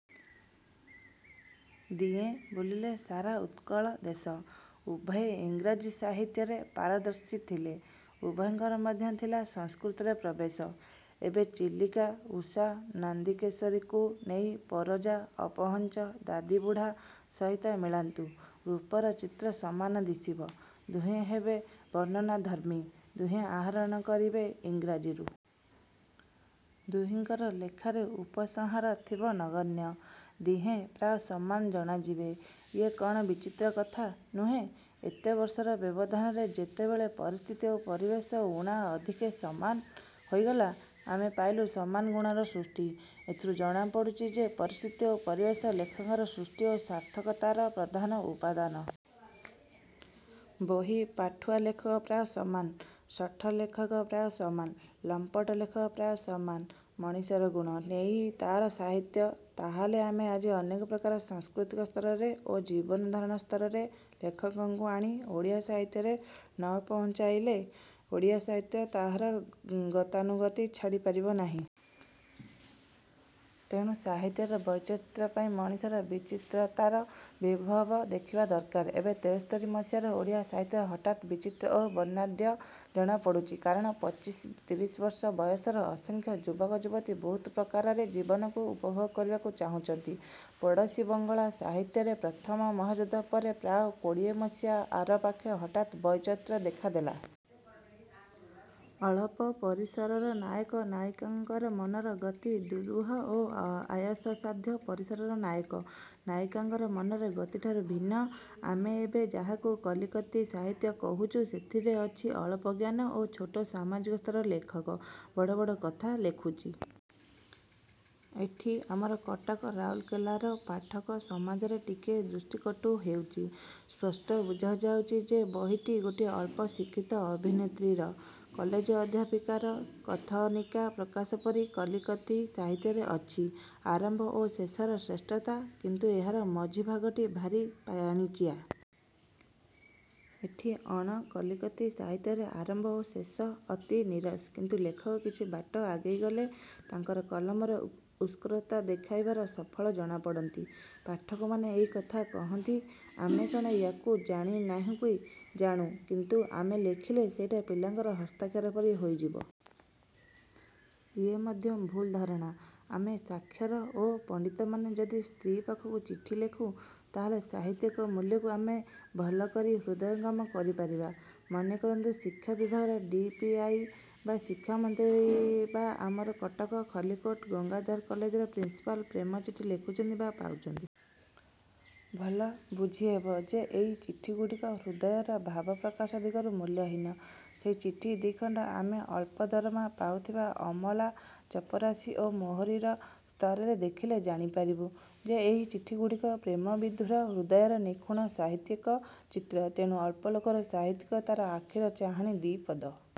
ଦିହେଁ ବୁଲିଲେ ସାରା ଉତ୍କଳ ଦେଶ। ଉଭୟେ ଇଂରାଜୀ ସାହିତ୍ୟରେ ପାରଦର୍ଶୀ ଥିଲେ। ଉଭୟଙ୍କର ମଧ୍ୟ ଥିଲା ସଂସ୍କୃତରେ ପ୍ରବେଶ। ଏବେ ଚିଲିକା, ଉଷା, ନନ୍ଦିକେଶ୍ୱରୀକୁ ନେଇ ପରଜା, ଅପହଞ୍ଚ, ଦାଦିବୁଢ଼ା ସହିତ ମିଳାନ୍ତୁ। ରୂପର ଚିତ୍ର ସମାନ ଦିଶିବ। ଦୁହେଁ ହେବେ ବର୍ଣ୍ଣନାଧର୍ମୀ। ଦୁହେଁ ଆହରଣ କରିବେ ଇଂରାଜୀରୁ। ଦୁହିଁଙ୍କର ଲେଖାର ଉପସଂହାର ଥିବ ନଗଣ୍ୟ। ଦିହେଁ ପ୍ରାୟ ସମାନ ଜଣାଯିବେ। ଇଏ କ'ଣ ବିଚିତ୍ର କଥା ନୁହେଁ? ଏତେ ବର୍ଷର ବ୍ୟବଧାନରେ ଯେତେବେଳେ ପରିସ୍ଥିତି ଓ ପରିବେଶ ଊଣା ଅଧିକେ ସମାନ ହୋଇଗଲା ଆମେ ପାଇଲୁ ସମାନ ଗୁଣର ସୃଷ୍ଟି। ଏଥିରୁ ଜଣାପଡ଼ୁଛି ଯେ ପରିସ୍ଥିତି ଓ ପରିବେଶ ଲେଖକର ସୃଷ୍ଟି ଓ ସାର୍ଥକତାର ପ୍ରଧାନ ଉପାଦାନ। ବହି-ପାଠୁଆ ଲେଖକ ପ୍ରାୟ ସମାନ। ଶଠ-ଲେଖକ ପ୍ରାୟ ସମାନ। ଲମ୍ପଟ-ଲେଖକ ପ୍ରାୟ ସମାନ। ମଣିଷର ଗୁଣ। ନେଇ ତାହାର ସାହିତ୍ୟ। ତାହାହେଲେ ଆମେ ଆଜି ଅନେକ ପ୍ରକାରର ସାଂସ୍କୃତିକ ସ୍ତରର ଓ ଜୀବନଧାରଣ ସ୍ତରର ଲେଖକଙ୍କୁ ଆଣି ଓଡ଼ିଆ ସାହିତ୍ୟରେ ନ ପହୁଞ୍ଚାଇଲେ ଓଡ଼ିଆ ସାହିତ୍ୟ ତାହାର ଗତାନୁଗତି ଛାଡ଼ି ପାରିବ ନାହିଁ। ତେଣୁ ସାହିତ୍ୟର ବୈଚିତ୍ର୍ୟ ପାଇଁ ମଣିଷର ବିଚିତ୍ରତାର ବିଭବ ଦେଖିବା ଦରକାର। ଏବେ ତେସ୍ତରୀ ମସିହାର ଓଡ଼ିଆ ସାହିତ୍ୟ ହଠାତ୍ ବିଚିତ୍ର ଓ ବର୍ଣ୍ଣାଢ୍ୟ ଜଣାପଡ଼ୁଛି। କାରଣ ପଚିଶ ତିରିଶବର୍ଷ ବୟସର ଅସଂଖ୍ୟ ଯୁବକ ଯୁବତୀ ବହୁତ ପ୍ରକାରରେ ଜୀବନକୁ ଉପଭୋଗ କରିବାକୁ ଚାହୁଁଛନ୍ତି। ପଡ଼ୋଶୀ ବଙ୍ଗଳା ସାହିତ୍ୟରେ ପ୍ରଥମ ମହାଯୁଦ୍ଧ ପରେ ପ୍ରାୟ କୋଡ଼ିଏମସିହା ଆରପାଖେ ହଠାତ୍ ବୈଚିତ୍ର୍ୟ ଦେଖା ଦେଲା। ଅଳପ ପରିସରର ନାୟକ ନାୟିକାଙ୍କର ମନର ଗତି ଦୁରୂହ ଓ ଆୟାସସାଧ୍ୟ ପରିସରର ନାୟକ ନାୟିକାଙ୍କର ମନର ଗତିଠାରୁ ଭିନ୍ନ। ଆମେ ଏବେ ଯାହାକୁ କଲିକତି ସାହିତ୍ୟ କହୁଛୁ ସେଥିରେ ଅଛି ଅଳପ ଜ୍ଞାନ ଓ ଛୋଟ ସାମାଜିକ ସ୍ତରର ଲେଖକ ବଡ଼ବଡ଼ କଥା ଲେଖୁଛି। ଏଠି ଆମର କଟକ ରାଉରକେଲାର ପାଠକ ସମାଜରେ ଟିକିଏ ଦୃଷ୍ଟିକଟୁ ହେଉଛି। ସ୍ପଷ୍ଟ ବୁଝାଯାଉଛି ଯେ ବହିଟି ଗୋଟିଏ ଅଳ୍ପ ଶିକ୍ଷିତ ଅଭିନେତ୍ରୀର କଲେଜ ଅଧ୍ୟାପିକାର କଥନିକା ପ୍ରକାଶ ପରି। କଲିକତି ସାହିତ୍ୟରେ ଅଛି ଆରମ୍ଭ ଓ ଶେଷର ଶ୍ରେଷ୍ଠତା। କିନ୍ତୁ ଏହାର ମଝିଭାଗଟି ଭାରି ପାଣିଚିଆ। ଏଠି ଅଣ-କଲିକତି ସାହିତ୍ୟରେ ଆରମ୍ଭ ଓ ଶେଷ ଅତି ନିରସ। କିନ୍ତୁ ଲେଖକ କିଛି ବାଟ ଆଗେଇ ଗଲେ ତାଙ୍କର କଲମର ଉତ୍କର୍ଷତା ଦେଖାଇବାରେ ସଫଳ ଜଣାପଡ଼ନ୍ତି। ପାଠକମାନେ ଏହି କଥା କହନ୍ତି। -ଆମେ କ'ଣ ୟା'କୁ ଜାଣୁ ନାହିଁ କି? -ଜାଣୁ। କିନ୍ତୁ ଆମେ ଲେଖିଲେ ସେଇଟା ପିଲାଙ୍କର ହସ୍ତାକ୍ଷର ପରି ହୋଇଯିବ। ଇଏ ମଧ୍ୟ ଭୁଲ୍ ଧାରଣା- ଆମେ ସାକ୍ଷର ଓ ପଣ୍ତିତମାନେ ଯଦି ସ୍ତ୍ରୀ' ପାଖକୁ ଚିଠି ଲେଖୁ ତାହାହେଲେ ସାହିତ୍ୟିକ ମୂଲ୍ୟକୁ ଆମେ ଭଲ କରି ହୃଦୟଙ୍ଗମ କରିପାରିବା। ମନେ କରନ୍ତୁ ଶିକ୍ଷା ବିଭାଗର ଡି. ପି. ଆଇ. ବା ଶିକ୍ଷା ମନ୍ତ୍ରୀ ବା ଆମର କଟକ, ଖଲିକୋଟ, ଗଙ୍ଗାଧର କଲେଜର ପ୍ରିନିସ୍ପାଲ ପ୍ରେମ ଚିଠି ଲେଖୁଛନ୍ତି ବା ପାଉଛନ୍ତି। ଭଲ ବୁଝିହେବ ଯେ ଏହି ଚିଠିଗୁଡ଼ିକ ହୃଦୟର ଭାବ ପ୍ରକାଶ ଦିଗରୁ ମୂଲ୍ୟହୀନ। ସେହି ଚିଠି ଦି'ଖଣ୍ତ ଆମେ ଅଳପ ଦରମା ପାଉଥିବା ଅମଲା, ଚପରାସି ଓ ମୋହରିର ସ୍ତରରେ ଦେଖିଲେ ଜାଣିପାରିବୁ ଯେ ଏହି ଚିଠିଗୁଡ଼ିକ ପ୍ରେମବିଧୁର ହୃଦୟର ନିଖୁଣ ସାହିତ୍ୟିକ ଚିତ୍ର। ତେଣୁ ଅଳପ ଲୋକର ସାହିତ୍ୟ ତାହାର ଆଖିର ଚାହାଣୀ, ଦି'ପଦ